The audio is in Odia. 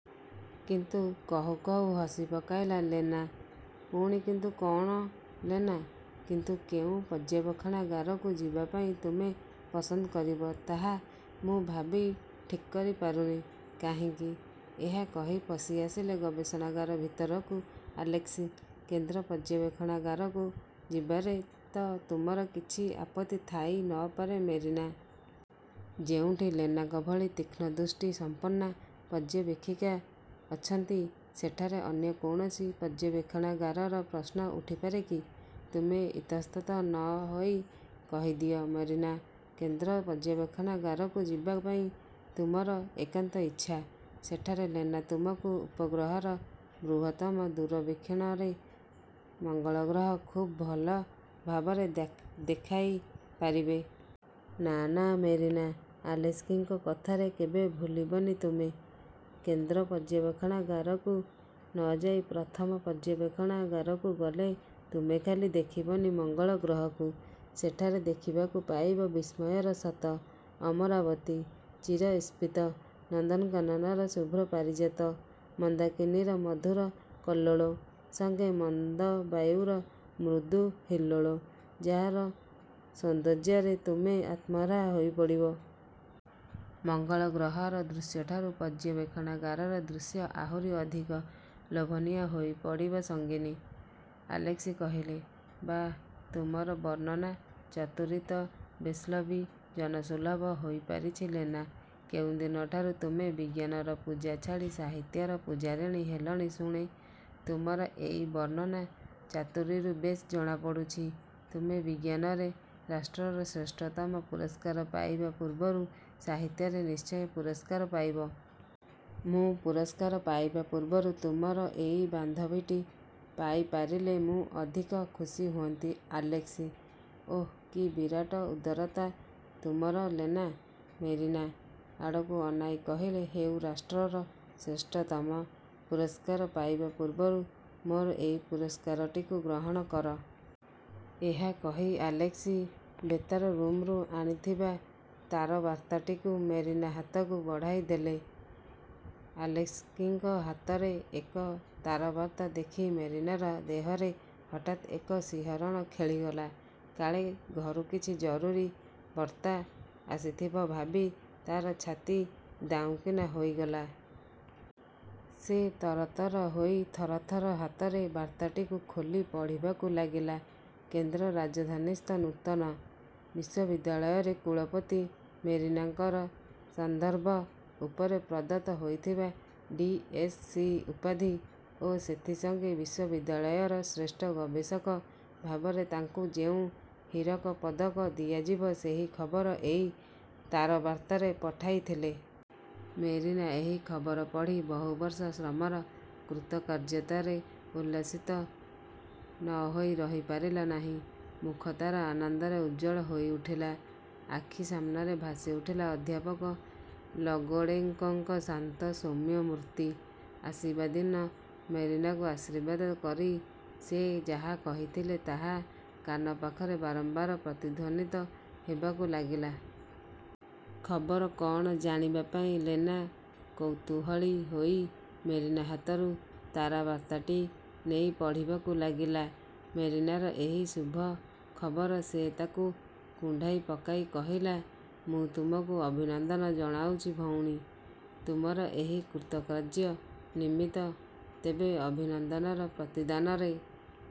କିନ୍ତୁ–'' କହୁ କହୁ ହସିପକାଇଲା ଲେନା। ''ପୁଣି କିନ୍ତୁ କ'ଣ ଲେନା? '' ''କିନ୍ତୁ କେଉଁ ପର୍ଯ୍ୟବେକ୍ଷଣାଗାରକୁ ଯିବାପାଇଁ ତୁମେ ପସନ୍ଦ କରିବ ତାହା ମୁଁ ଭାବି ଠିକ୍କରି ପାରୁନି। '' ''କାହିଁକି? '' ଏହା କହି ପଶିଆସିଲେ ଗବେଷଣାଗାର ଭିତରକୁ ଆଲେସ୍କି। ''କେନ୍ଦ୍ର ପର୍ଯ୍ୟବେକ୍ଷଣାଗାରକୁ ଯିବାରେ ତ ତୁମର କିଛି ଆପତ୍ତି ଥାଇ ନପାରେ ମେରିନା! ଯେଉଁଠି ଲେନାଙ୍କ ଭଳି ତୀକ୍ଷ୍ଣଦୃଷ୍ଟି ସମ୍ପନ୍ନା ପର୍ଯ୍ୟବେକ୍ଷିକା ଅଛନ୍ତି, ସେଠାରେ ଅନ୍ୟ କୌଣସି ପର୍ଯ୍ୟବେକ୍ଷଣାଗାରର ପ୍ରଶ୍ନ ଉଠିପାରେ କି? ତୁମେ ଇତସ୍ତତଃ ନ ହୋଇ କହିଦିଅ ମେରିନା, କେନ୍ଦ୍ର ପର୍ଯ୍ୟବେକ୍ଷଣାଗାରକୁ ଯିବାପାଇଁ ତୁମର ଏକାନ୍ତ ଇଚ୍ଛା। ସେଠାରେ ଲେନା ତୁମକୁ ଉପଗ୍ରହର ବୃହତ୍ତମ ଦୂରବୀକ୍ଷଣରେ ମଙ୍ଗଳଗ୍ରହ ଖୁବ୍ ଭଲ ଭାବରେ ଦେଖାଇ ପାରିବେ। '' ''ନା, ନା, ମେରିନା! ଆଲେସ୍କିଙ୍କ କଥାରେ କେବେ ଭୁଲିବନି ତୁମେ। କେନ୍ଦ୍ର ପର୍ଯ୍ୟବେକ୍ଷଣାଗାରକୁ ନଯାଇ ପ୍ରଥମ ପର୍ଯ୍ୟବେକ୍ଷଣାଗାରକୁ ଗଲେ ତୁମେ ଖାଲି ଦେଖିବନି ମଙ୍ଗଳଗ୍ରହକୁ; ସେଠାରେ ଦେଖିବାକୁ ପାଇବ ବିସ୍ମୟର ଶତ ଅମରାବତୀ, ଚିର ଈପ୍ସିତ ନନ୍ଦନକାନନର ଶୁଭ୍ର ପାରିଜାତ, ମନ୍ଦାକିନୀର ମଧୁର କଲ୍ଲୋଳ ସଙ୍ଗେ ମନ୍ଦ ବାୟୁର ମୃଦୁ ହିଲ୍ଲୋଳ–ଯା'ର ସୌନ୍ଦର୍ଯ୍ୟରେ ତୁମେ ଆତ୍ମହରା ହୋଇପଡ଼ିବ। ମଙ୍ଗଳଗ୍ରହର ଦୃଶ୍ୟଠାରୁ ପର୍ଯ୍ୟବେକ୍ଷଣାଗାରର ଦୃଶ୍ୟ ଆହୁରି ଅଧିକ ଲୋଭନୀୟ ହୋଇ ପଡ଼ିବ ସଙ୍ଗିନୀ। '' ଆଲେସ୍କି କହିଲେ, ''ବାଃ, ତୁମର ବର୍ଣ୍ଣନା-ଚତୁରୀ ତ ବେଶ୍କବି ଜନସୁଲଭ ହୋଇପାରିଛି ଲେନା! କେଉଁଦିନ ଠାରୁ ତୁମେ ବିଜ୍ଞାନର ପୂଜା ଛାଡ଼ି ସାହିତ୍ୟର ପୂଜାରିଣୀ ହେଲଣି ଶୁଣେ? ତୁମର ଏଇ ବର୍ଣ୍ଣନା–ଚାତୁରୀରୁ ବେଶ୍ ଜଣାପଡ଼ୁଛି, ତୁମେ ବିଜ୍ଞାନରେ ରାଷ୍ଟ୍ରର ଶ୍ରେଷ୍ଠତମ ପୁରସ୍କାର ପାଇବା ପୂର୍ବରୁ ସାହିତ୍ୟରେ ନିଶ୍ଚୟ ପୁରସ୍କାର ପାଇବ। '' ''ମୁଁ ପୁରସ୍କାର ପାଇବା ପୂର୍ବରୁ ତୁମର ଏଇ ବାନ୍ଧବୀଟି ପାଇପାରିଲେ ମୁଁ ଅଧିକ ଖୁସି ହୁଅନ୍ତି, ଆଲେସ୍କି! '' ''ଓଃ! କି ବିରାଟ ଉଦାରତା ତୁମର ଲେନା! '' ମେରିନା ଆଡ଼କୁ ଅନାଇ କହିଲେ–''ହେଉ, ରାଷ୍ଟ୍ରର ଶ୍ରେଷ୍ଠତମ ପୁରସ୍କାର ପାଇବା ପୂର୍ବରୁ ମୋର ଏଇ ପୁରସ୍କାରଟିକୁ ଗ୍ରହଣ କର। '' ଏହା କହି ଆଲେସ୍କି ବେତାର ରୁମ୍ରୁ ଆଣିଥିବା ତାରବାର୍ତ୍ତାଟିକୁ ମେରିନା ହାତକୁ ବଢ଼ାଇଦେଲେ। ଆଲେସ୍କିଙ୍କ ହାତରେ ଏକ ତାରବାର୍ତ୍ତା ଦେଖି ମେରିନାର ଦେହରେ ହଠାତ୍ ଏକ ଶିହରଣ ଖେଳିଗଲା। କାଳେ ଘରୁ କିଛି ଜରୁରୀ ବର୍ତ୍ତା ଆସିଥିବ ଭାବି ତା'ର ଛାତି ଦାଉଁକିନା ହୋଇଗଲା। ସେ ତରତର ହୋଇ ଥରଥର ହାତରେ ତାରବର୍ତ୍ତାଟିକୁ ଖୋଲି ପଢ଼ିବାକୁ ଲାଗିଲା। କେନ୍ଦ୍ର ରାଜଧାନୀସ୍ଥ ନୂତନ ବିଶ୍ୱବିଦ୍ୟାଳୟରେ କୁଳପତି ମେରିନାଙ୍କର ସନ୍ଦର୍ଭ ଉପରେ ପ୍ରଦତ୍ତ ହୋଇଥିବା ଡି. ଏସ. ସି. ଉପାଧି ଓ ସେଥି ସଙ୍ଗେ ବିଶ୍ୱବିଦ୍ୟାଳୟର ଶ୍ରେଷ୍ଠ ଗବେଷକ ଭାବରେ ତାଙ୍କୁ ଯେଉଁ ହୀରକ ପଦକ ଦିଆଯିବ ସେହି ଖବର ଏହି ତାରବାର୍ତ୍ତାରେ ପଠାଇଥିଲେ। ମେରିନା ଏହି ଖବର ପଢ଼ି ବହୁବର୍ଷ ଶ୍ରମର କୃତକାର୍ଯ୍ୟତାରେ ଉଲ୍ଲସିତା ନହୋଇ ରହିପାରିଲା ନାହିଁ। ମୁଖ ତାର ଆନନ୍ଦରେ ଉଜ୍ଜ୍ୱଳ ହୋଇ ଉଠିଲା। ଆଖି ସାମନାରେ ଭାସିଉଠିଲା ଅଧ୍ୟାପକ ଲଗୋଡ଼େଙ୍କୋଙ୍କ ଶାନ୍ତ, ସୌମ୍ୟ ମୂର୍ତ୍ତି। ଆସିବା ଦିନ ମେରିନାକୁ ଆଶୀର୍ବାଦ କରି ସେ ଯାହା କହିଥିଲେ, ତାହା କାନ ପାଖରେ ବାରମ୍ୱାର ପ୍ରତିଧ୍ୱନିତ ହେବାକୁ ଲାଗିଲା। ଖବର କ'ଣ ଜାଣିବାପାଇଁ ଲେନା କୌତୂହଳୀ ହୋଇ ମେରିନା ହାତରୁ ତାରାବାର୍ତ୍ତାଟି ନେଇ ପଢ଼ିବାକୁ ଳାଗିଲା। ମେରିନାର ଏହି ଶୁଭ ଖବର ସେ ତାକୁ କୁଣ୍ଢାଇ ପକାଇ କହିଲା, ''ମୁଁ ତୁମକୁ ଅଭିନନ୍ଦନ ଜଣାଉଚି ଭଉଣୀ, ତୁମର ଏହି କୃତକାର୍ଯ୍ୟ ନିମିତ୍ତ। ତେବେ ଅଭିନନ୍ଦନର ପ୍ରତିଦାନରେ